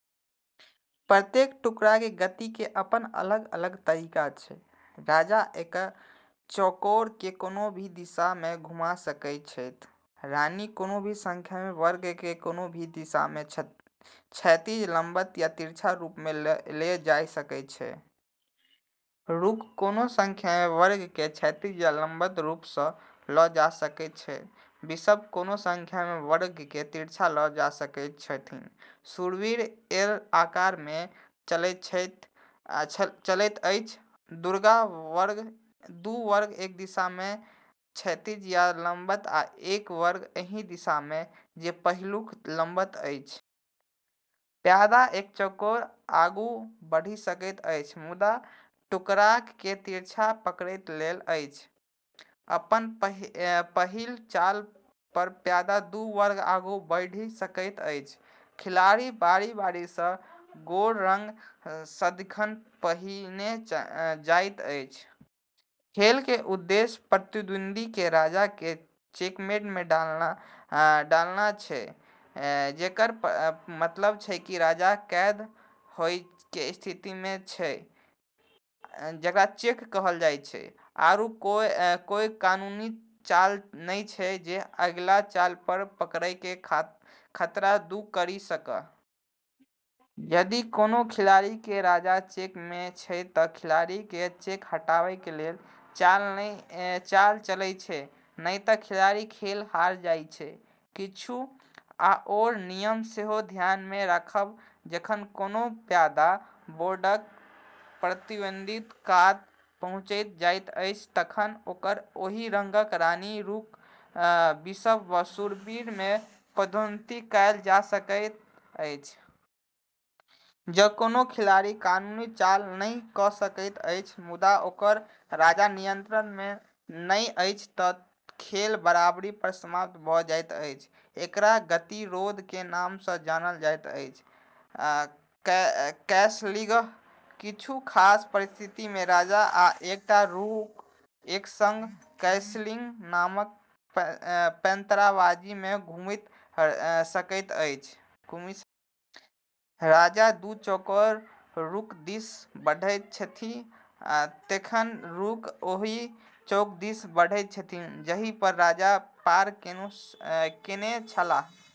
प्रत्येक टुकड़ा के गति के अपन अलग तरीका छै: राजा एक चौकोर के कोनो भी दिशा मे घुमा सकै छैथ। रानी कोनो भी संख्या मे वर्ग के कोनो भी दिशा मे, क्षैतिज, लंबवत या तिरछा रूप से ले जा सकै छै। रूक कोनो संख्या मे वर्ग के क्षैतिज या लंबवत रूप सं ल जा सकय छै। बिशप कोनो संख्या मे वर्ग के तिरछा ल जा सकैत छथि। शूरवीर एल आकार मे चलैत अछि - दू वर्ग एक दिशा मे (क्षैतिज या लंबवत) आ एक वर्ग एहन दिशा मे जे पहिलुक लंबवत अछि। प्यादा एक चौकोर आगू बढ़ि सकैत अछि, मुदा टुकड़ाकेँ तिरछा पकड़ि लैत अछि। अपन पहिल चाल पर प्यादा दू वर्ग आगू बढ़ि सकैत अछि। खिलाड़ी बारी-बारी स, गोर रंग सदिखन पहिने जाइत अछि। खेल के उद्देश्य प्रतिद्वंदी के राजा के चेकमेट मे डालना छै, जेकर मतलब छै कि राजा कैद होय के स्थिति मे छै (चेक मे) आरू कोय कानूनी चाल नै छै जे अगिला चाल पर पकड़ै के खतरा दूर करी सक। यदि कोनो खिलाड़ी के राजा चेक मे छै त खिलाड़ी के चेक हटाबै के लेल चाल चलै छै, नै त खिलाड़ी खेल हार जाय छै। किछु आओर नियम सेहो ध्यान मे राखब: जखन कोनो प्यादा बोर्डक प्रतिद्वंदीक कात पहुँचि जाइत अछि तखन ओकरा ओही रंगक रानी, रूक, बिशप वा शूरवीर मे पदोन्नति कयल जा सकैत अछि। जँ कोनो खिलाड़ी कानूनी चाल नहि क सकैत अछि, मुदा ओकर राजा नियंत्रण मे नहि अछि त खेल बराबरी पर समाप्त भ जाइत अछि। एकरा गतिरोध के नाम स जानल जाइत अछि। कैसलिंग: किछु खास परिस्थिति मे राजा आ एकटा रूक एक संग कैसलिंग नामक पैंतराबाजी मे घुमि सकैत अछि। राजा दू चौकोर रूक दिस बढ़ैत छथि, तखन रूक ओहि चौक दिस बढ़ैत छथि जाहि पर राजा पार केने छलाह।